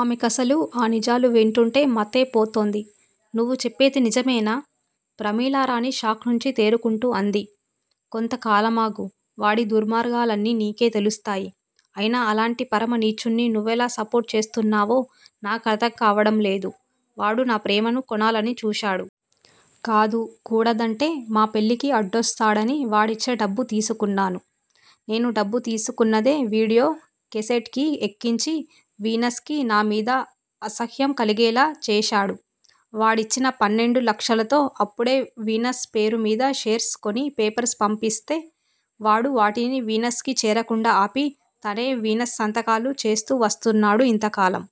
ఆమెకసలు ఆ నిజాలు వింటుంటే మతే పోతోంది. నువ్వు చెప్పేది నిజమేనా? ప్రమీలారాణి షాక్ నుంచి తేరుకుంటూ అంది. కొంతకాలమాగు వాడి దుర్మార్గాలన్నీ నీకే తెలుస్తాయి. అయినా అలాంటి పరమ నీచుడ్ని నువ్వెలా సపోర్ట్ చేస్తున్నావో నా కర్ధంకావడం లేదు. వాడు నా ప్రేమను కొనాలని చూశాడు. కాదు కూడదంటే మా పెళ్ళికి అడ్డొస్తాడని వాడిచ్చే డబ్బు తీసుకున్నాను. నేను డబ్బు తీసుకున్నదే వీడియో కేసెట్ కి ఎక్కించి వీనస్ కి నామీద అసహ్యం కలిగేలా చేశాడు. వాడిచ్చిన పన్నెండు లక్షలతో అప్పుడే వీనస్ పేరుమీద షేర్స్ కొని పేపర్స్ పంపిస్తే, వాడు వాటిని వీనస్ కి చేరకుండా ఆపి తనే వీనస్ సంతకాలు చేస్తూ వస్తున్నాడు ఇంతకాలం.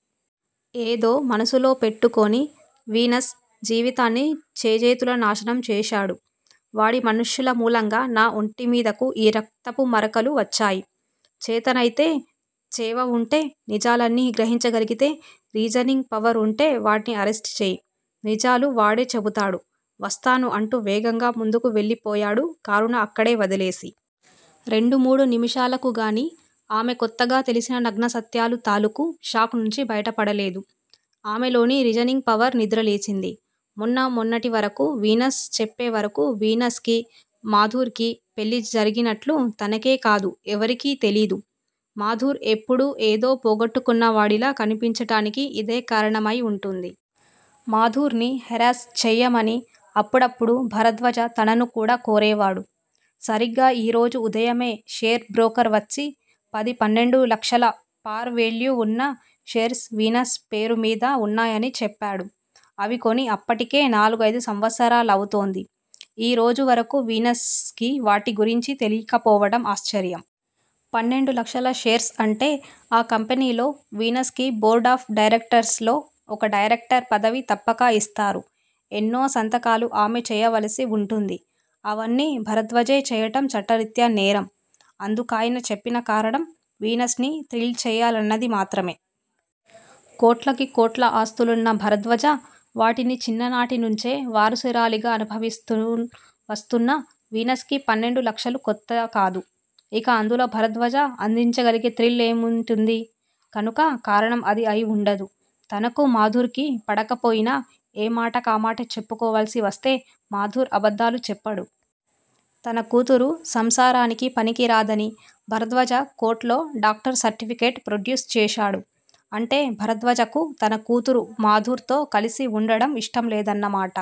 ఏదో మనస్సులో పెట్టుకొని వీనస్ జీవితాన్ని చేజేతులా నాశనం చేశాడు. వాడి మనుష్యుల మూలంగా నా ఒంటిమీదకు ఈ రక్తపు మరకలు వచ్చాయి. చేతనైతే, చేవవుంటే, నిజాల్ని గ్రహించగలిగితే, రీజనింగ్ పవర్ వుంటే వాడ్ని అరెస్ట్ చేయి. నిజాలు వాడే చెబుతాడు. వస్తాను అంటూ వేగంగా ముందుకు వెళ్ళిపోయాడు కారును అక్కడే వదిలేసి. రెండు మూడు నిమిషాలకు గాని ఆమె కొత్తగా తెలిసిన నగ్నసత్యాలు తాలూకు షాక్ నుంచి బయటపడలేదు. ఆమెలోని రీజనింగ్ పవర్ నిద్రలేచింది. మొన్న మొన్నటివరకు వీనస్ చెప్పేవరకు వీనస్ కి, మాధుర్ కీ పెళ్ళి జరిగినట్లు తనకే కాదు, ఎవరికీ తెలీదు. మాధుర్ ఎప్పుడూ ఏదో పోగొట్టుకున్నవాడిలా కనిపించటానికి ఇదే కారణమయి వుంటుంది. మాధుర్ ని హెరాస్ చెయ్యమని అప్పుడప్పుడు భరద్వాజ తనను కూడా కోరేవాడు. సరిగ్గా ఈరోజు ఉదయమే షేర్ బ్రోకర్ వచ్చి పది పన్నెండు లక్షల పార్ వేల్యూ వున్న షేర్స్ వీనస్ పేరుమీద వున్నాయని చెప్పాడు. అవి కొని అప్పటికే నాలుగైదు సంవత్సరాలవుతోంది. ఈరోజు వరకు వీనస్ కి వాటి గురించి తెలీకపోవటం ఆశ్చర్యం! పన్నెండు లక్షల షేర్స్ అంటే ఆ కంపెనీలో వీనస్ కి బోర్డ్ ఆఫ్ డైరెక్టర్స్ లో ఒక డైరెక్టర్ పదవి తప్పక యిస్తారు. ఎన్నో సంతకాలు ఆమె చేయవలసి వుంటుంది. అవన్నీ భరద్వాజే చేయటం చట్టరీత్యా నేరం! అందుకాయన చెప్పిన కారణం వీనస్ ని థ్రిల్ చేయాలన్నది మాత్రమే! కోట్లకి కోట్ల ఆస్తులున్న భరద్వాజ, వాటిని చిన్ననాటినుంచే వారసురాలిగా అనుభవిస్తూ వస్తున్న వీనస్ కి పన్నెండు లక్షలు కొత్తకాదు. ఇక అందులో భరద్వాజ అందించగలిగే థ్రిల్ ఏముంటుంది? కనుక కారణం అది అయి వుండదు. తనకు, మాధుర్ కీ పడకపోయినా ఏ మాటకామాటే చెప్పుకోవలసి వస్తే మాధుర్ అబద్దాలు చెప్పడు. తన కూతురు సంసారానికి పనికిరాదని భరద్వాజ కోర్ట్ లో డాక్టర్ సర్టిఫికేట్ ప్రొడ్యూస్ చేశాడు. అంటే భరద్వాజకు తన కూతురు మాధుర్ తో కలసి వుండడం యిష్టంలేదన్నమాట.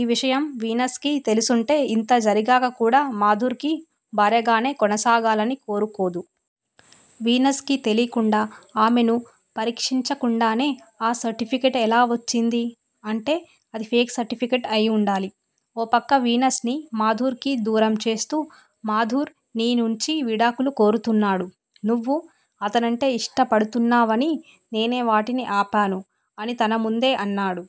ఈ విషయం వీనస్ కి తెలిసుంటే ఇంత జరిగాక కూడా మాధుర్ కి భార్యగానే కొనసాగాలని కోరుకోదు. వీనస్ కి తెలీకుండా, ఆమెను పరీక్షించకుండానే ఆ సర్టిఫికేట్ ఎలా వచ్చింది? అంటే అది ఫేక్ సర్టిఫికెట్ అయివుండాలి. ఓపక్క వీనస్ ని మాధుర్ కి దూరంచేస్తూ, మాధుర్ నీనుంచి విడాకులు కోరుతున్నాడు. నువ్వు అతనంటే ఇష్టపడుతున్నావని నేనే వాటిని ఆపాను ఆని తన ముందే అన్నాడు.